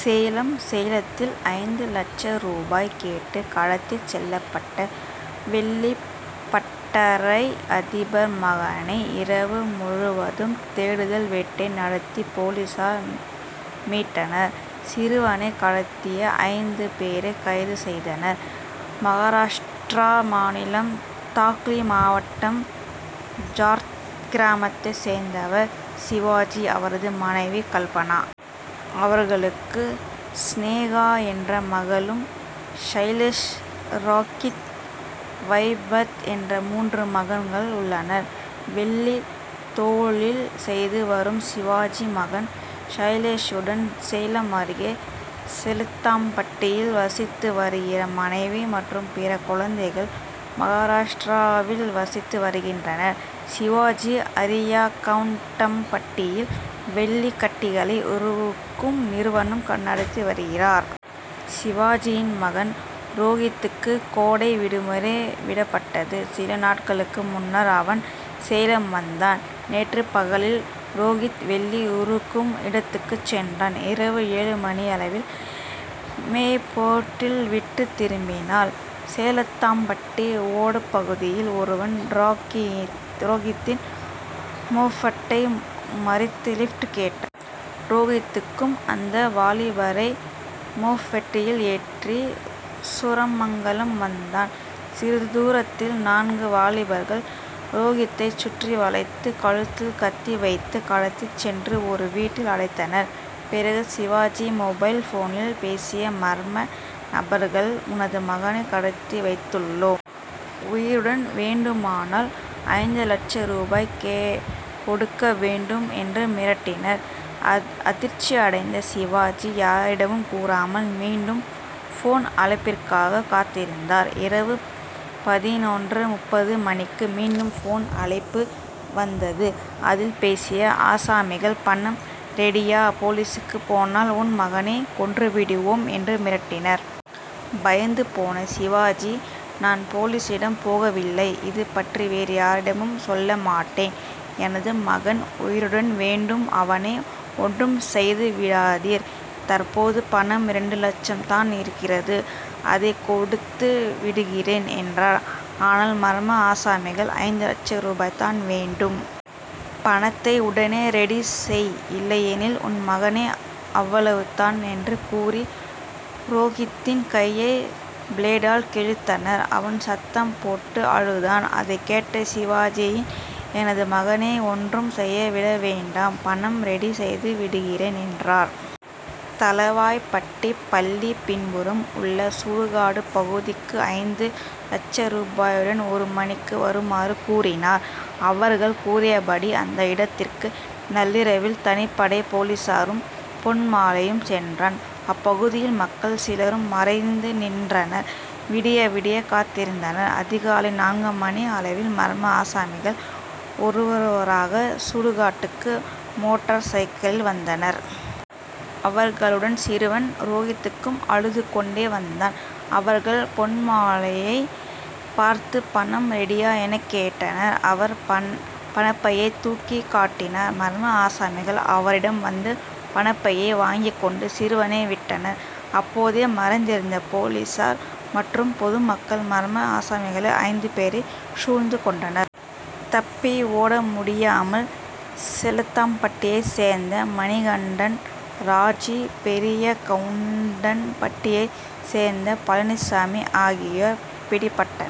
சேலம் சேலத்தில் ஐந்து லட்ச ரூபாய் கேட்டு கடத்திச் செல்லப்பட்ட வெள்ளிப்பட்டறை அதிபர் மகனை இரவு முழுவதும் தேடுதல் வேட்டை நடத்தி போலீசார் மீட்டனர். சிறுவனை கடத்திய ஐந்து பேரை கைது செய்தனர். மகாராஷ்டிரா மாநிலம் தாக்லி மாவட்டம் ஜார்த் கிராமத்தைச் சேர்ந்தவர் சிவாஜி. அவரது மனைவி கல்பனாபஙண. அவர்களுக்கு ஸ்நேகா என்ற மகளும் சைலேஷ் ரோகித் வைபவ் என்ற மூன்று மகன்கள் உள்ளனர். வெள்ளி தொழில் செய்து வரும் சிவாஜி மகன் சைலேஷுடன் சேலம் அருகே சேலத்தாம்பட்டியில் வசித்து வருகிறார். மனைவி மற்றும் பிற குழந்தைகள் மகாராஷ்டிராவில் வசித்து வருகின்றனர். சிவாஜி அரியாக்கவுண்டம்பட்டியில் வெள்ளிக்கட்டிகளை உருக்கும் நிறுவனம் நடத்தி வருகிறார். சிவாஜியின் மகன் ரோகித்துக்கு கோடை விடுமுறை விடப்பட்டது. சில நாட்களுக்கு முன்னர் அவன் சேலம் வந்தான். நேற்று பகலில் ரோகித் வெள்ளி உருக்கும் இடத்துக்கு சென்றான். இரவு ஏழு மணியளவில் மொபெட்டில் வீட்டுக்கு திரும்பினான். சேலத்தாம்பட்டி ஓடப்பகுதியில் ஒருவன் ரோகித்தின் மொபெட்டை மறித்து லிப்ட் கேட்டான். ரோகித்தும் அந்த வாலிபரை மொபெட்டில் ஏற்றி சூரமங்கலம் வந்தான். சிறிது தூரத்தில் நான்கு வாலிபர்கள் ரோகித்தைச் சுற்றி வளைத்து கழுத்தில் கத்தி வைத்து கடத்திச் சென்று ஒரு வீட்டில் அடைத்தனர். பிறகு சிவாஜி மொபைல் போனில் பேசிய மர்ம நபர்கள் உனது மகனை கடத்தி வைத்துள்ளோம். உயிருடன் வேண்டுமானால் ஐந்து லட்ச ரூபாய் கொடுக்க வேண்டும் என்று மிரட்டினர். அதிர்ச்சியடைந்த சிவாஜி யாரிடமும் கூறாமல் மீண்டும் போன் அழைப்பிற்காக காத்திருந்தார். இரவு பதினொன்று முப்பது மணிக்கு மீண்டும் போன் அழைப்பு வந்தது. அதில் பேசிய ஆசாமிகள் பணம் ரெடியா போலீசுக்கு போனால் உன் மகனை கொன்று விடுவோம் என்று மிரட்டினர். பயந்து போன சிவாஜி நான் போலீசிடம் போகவில்லை. இது பற்றி வேறு யாரிடமும் சொல்லமாட்டேன். எனது மகன் உயிருடன் வேண்டும் அவனை ஒன்றும் செய்து விடாதீர். தற்போது பணம் இரண்டு லட்சம் தான் இருக்கிறது அதை கொடுத்து விடுகிறேன் என்றார். ஆனால் மர்ம ஆசாமிகள் ஐந்து லட்ச ரூபாய் தான் வேண்டும். பணத்தை உடனே ரெடி செய். இல்லையெனில் உன் மகன் அவ்வளவு தான் என்று கூறி ரோகித்தின் கையை பிளேடால் கிழித்தனர். அவன் சத்தம் போட்டு அழுதான். அதை கேட்டு சிவாஜி எனது மகனை ஒன்றும் செய்து விட வேண்டாம் பணம் ரெடி செய்து விடுகிறேன் என்றார். தளவாய்பட்டி பள்ளி பின்புறம் உள்ள சுடுகாடு பகுதிக்கு ஐந்து லட்ச ரூபாயுடன் ஒரு மணிக்கு வருமாறு கூறினர். அவர்கள் கூறியபடி அந்த இடத்திற்கு நள்ளிரவில் தனிப்படை போலீசாரும் பொன்மலையும் சென்றனர். அப்பகுதி மக்கள் சிலரும் மறைந்து நின்றனர். விடிய விடிய காத்திருந்தனர். அதிகாலை நான்கு மணி அளவில் மர்ம ஆசாமிகள் ஒவ்வொருவராக சுடுகாட்டுக்கு மோட்டார் சைக்கிளில் வந்தனர். அவர்களுடன் சிறுவன் ரோகித்தும் அழுது கொண்டு வந்தான். அவர்கள் பொன்மலையை பார்த்து பணம் ரெடியா என கேட்டனர். அவர் பணப்பையை தூக்கி காட்டினார். மர்ம ஆசாமிகள் அவரிடம் வந்து பணப்பையை வாங்கிக் கொண்டு சிறுவனை விட்டனர். அப்போது மறைந்திருந்த போலீசார் மற்றும் பொதுமக்கள் மர்ம ஆசாமிகள் ஐந்து பேரை சூழ்ந்து கொண்டனர். தப்பி ஓட முடியாமல் சேலத்தாம்பட்டியைச் சேர்ந்த மணிகண்டன் ராஜு பெரியகவுண்டம்பட்டியைச் சேர்ந்த பழனிசாமி ஆகியோர் பிடிபட்டனர்.